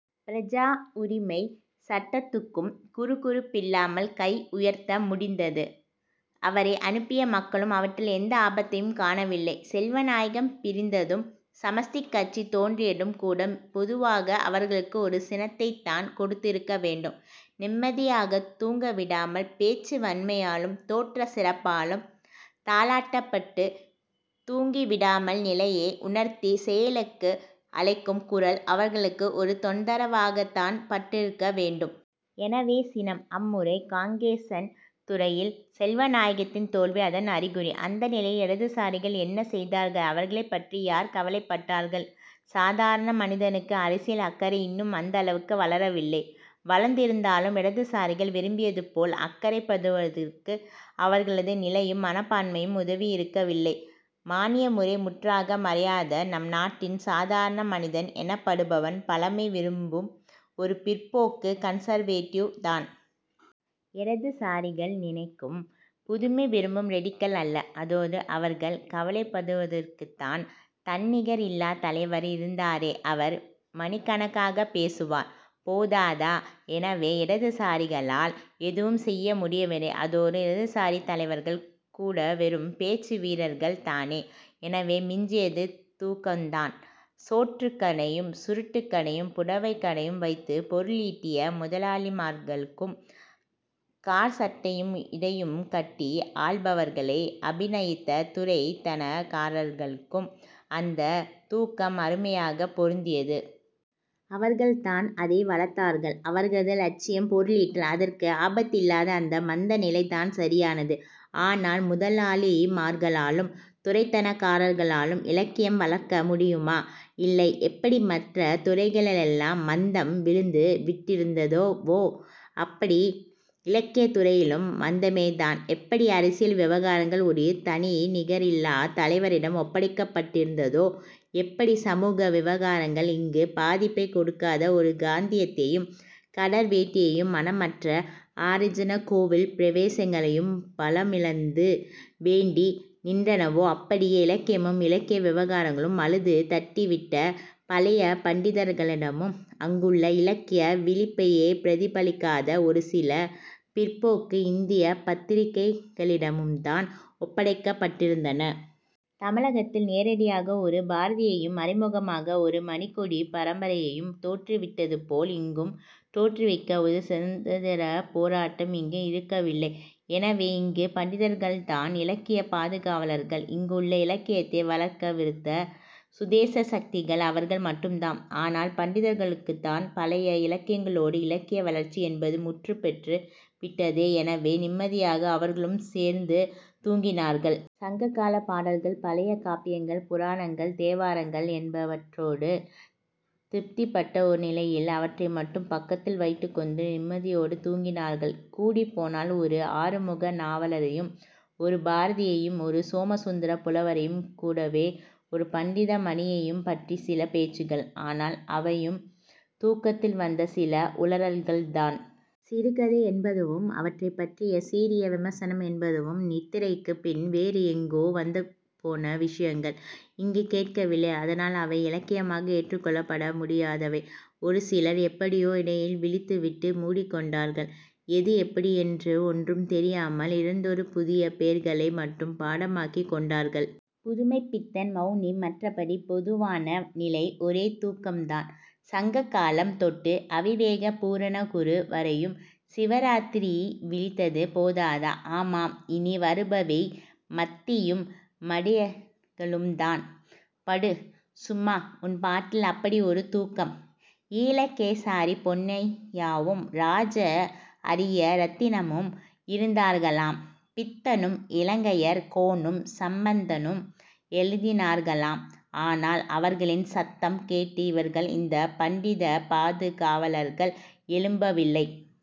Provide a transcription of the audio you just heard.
பிரஜா உரிமை சட்டத்துக்கும் குறுகுறுப்பில்லாமல் கை உயர்த்த முடிந்தது. அவரை அனுப்பிய மக்களும் அவற்றில் எந்த ஆபத்தையும் காணவில்லை. செல்வநாயகம் பிரிந்ததும் சமஷ்டிக் கட்சி தோன்றியதுங் கூட பொதுவாக அவர்களுக்கு ஒரு சினத்தைத்தான் கொடுத்திருக்க வேண்டும். நிம்மதியாகக் தூங்கவிடாமல் பேச்சு வன்மையாலும் தோற்றச் சிறப்பாலும் தாலாட்டப்பட்டுத் தூங்கிவிடாமல் நிலையை உணர்த்திச் செயலுக்கு அழைக்கும் குரல் அவர்களுக்கு ஒரு தொந்தரவாகத்தான் பட்டிருக்க வேண்டும். எனவே சினம். அம்முறை காங்கேசன்துறையில் செல்வநாயகத்தின் தோல்வி அதன் அறிகுறி. அந்த நிலையில் இடதுசாரிகள் என்ன செய்தார்கள் அவர்களைப்பற்றி யார் கவலைப்பட்டார்கள் சாதாரண மனிதனுக்கு அரசியல் அக்கறை இன்னும் அந்தளவுக்கு வளரவில்லை. வளர்ந்திருந்தாலும் இடதுசாரிகள் விரும்பியதுபோல் அக்கறைப்படுவதற்கு அவர்களது நிலையும் மனப்பான்மையும் உதவியிருக்கவில்லை. மான்யமுறை முற்றாக மறையாத நம் நாட்டின் சாதாரண மனிதன் எனப்படுபவன் பழமை விரும்பும் ஒரு பிற்போக்கு கன்சர்வேட்டிவ்' தான். இடதுசாரிகள் நினைக்கும் புதுமை விரும்பும் ரெடிக்கல் அல்ல. அதோடு அவர்கள் கவலைப்படுவதற்குத்தான் தன்னிகரில்லாத் தலைவர் இருந்தாரே அவர் மணிக்கணக்காகப் பேசுவார். போதாதா எனவே இடதுசாரிகளால் எதுவும் செய்ய முடியவில்லை. அதோடு இடதுசாரித் தலைவர்கள் கூடவெறும் பேச்சு வீரர்கள் தானே எனவே மிஞ்சியது தூக்கந்தான். சோற்றுக் கடையும் சுருட்டுக் கடையும் புடவைக் கடையும் வைத்துப் பொருளீட்டிய முதலாளிமார்களுக்கும் காற்சட்டையும் இடையும் கட்டி ஆள்பவர்களை அபிநயித்த துரைத்தனக்காரர்களுக்கும் அந்தத் தூக்கம் அருமையாகப் பொருந்தியது. அவர்கள்தான் அதை வளர்த்தார்கள். அவர்களது லட்சியம் பொருளீட்டல். அதற்கு ஆபத்தில்லாத அந்த மந்த நிலைதான் சரியானது. ஆனால் முதலாளிமார்களாலும் துரைத்தனக்காரர்களாலும் இலக்கியம் வளர்க்க முடியுமா? இல்லை, எப்படி மற்ற துறைகளிலெல்லாம் மந்தம் விழுந்து விட்டிருந்ததுபோ அப்படி இலக்கியத் துறையிலும் மந்தமேதான். எப்படி அரசியல் விவகாரங்கள் ஒரு தன்னிகரில்லாத் தலைவரிடம் ஒப்படைக்கப்பட்டிருந்ததோ எப்படி சமூக விவகாரங்கள் இங்கு பாதிப்பைக் கொடுக்காத ஒரு காந்தியத்தையும் கதர் வேட்டியையும் மனமற்ற ஹாரிஜன கோவில் பிரவேசங்களையும் பலமிழந்து வேண்டி நின்றனவோ அப்படியே இலக்கியமும் இலக்கிய விவகாரங்களும் மலடு தட்டிவிட்ட பழைய பண்டிதர்களிடமும் அங்குள்ள இலக்கிய விழிப்பையே பிரதிபலிக்காத ஒரு சில பிற்போக்கு இந்தியப் பத்திரிகைகளிடமுந்தான் ஒப்படைக்கப் பட்டிருந்தன. தமிழகத்தில் நேரடியாக ஒரு பாரதியையும் மறைமுகமாக ஒரு மணிகொடிப் பரம்பரையையும் தோற்றுவித்ததுபோல் இங்கும் தோற்றுவிக்க ஒரு சுதந்திரப் போராட்டம் இங்கு இருக்கவில்லை. எனவே இங்கு பண்டிதர்கள்தான் இலக்கியப் பாதுகாவலர்கள். இங்குள்ள இலக்கியத்தை வளர்க்கவிருந்த சுதேச சக்திகள் அவர்கள் மட்டும்தான். ஆனால் பண்டிதர்களுக்குத்தான் பழைய இலக்கியங்களோடு இலக்கிய வளர்ச்சி என்பது முற்றுப்பெற்று விட்டதே எனவே நிம்மதியாக அவர்களும் சேர்ந்து தூங்கினார்கள். சங்ககாலப் பாடல்கள் பழைய காப்பியங்கள் புராணங்கள் தேவாரங்கள் என்பவற்றோடு திருப்திப்பட்ட ஒரு நிலையில் அவற்றை மட்டும் பக்கத்தில் வைத்துக்கொண்டு நிம்மதியோடு தூங்கினார்கள். கூடிப்போனால் ஒரு ஆறுமுக நாவலரையும் ஒரு பாரதியையும் ஒரு சோமசுந்தரப் புலவரையும் கூடவே ஒரு பண்டித மணியையும் பற்றிச் சில பேச்சுகள். ஆனால் அவையும் தூக்கத்தில் வந்த சில உளறல்கள்தான். சிறுகதை என்பதுவும் அவற்றைப் பற்றிய சீரிய விமர்சனம் என்பதுவும் நித்திரைக்குப் பின் வேறு எங்கோ வந்துபோன விஷயங்கள். இங்கு கேட்கவில்லை. அதனால் அவை இலக்கியமாக ஏற்றுக்கொள்ளப்படமுடியாதவை. ஒரு சிலர் எப்படியோ இடையில் விழித்துவிட்டு மூடிக்கொண்டார்கள். எது எப்படி என்று ஒன்றும் தெரியாமல் இரண்டொரு புதிய பேர்களை மட்டும் பாடமாக்கிக் கொண்டார்கள். புதுமைப்பித்தன் மெளனி மற்றபடி பொதுவான நிலை ஒரே தூக்கந்தான். சங்ககாலம் தொட்டு அவிவேக பூரணகுரு வரையும் சிவராத்திரிவிழித்தது போதாதா? ஆமாம் இனி வருபவை மட்டியும் மடையர்களுந்தான். படு சும்மா உன் பாட்டில் அப்படி ஒரு தூக்கம். ஈழகேசாரிப் பொன்னையாவும் ராஜ அரிய இரெத்தினமும் இருந்தார்களாம். பித்தனும் இலங்கையர் கோனும் சம்பந்தனும் எழுதினார்களாம். ஆனால் அவர்களின் சத்தம் கேட்டு இவர்கள் இந்தப் பண்டிதப் பாதுகாவலர்கள் எழும்பவில்லை.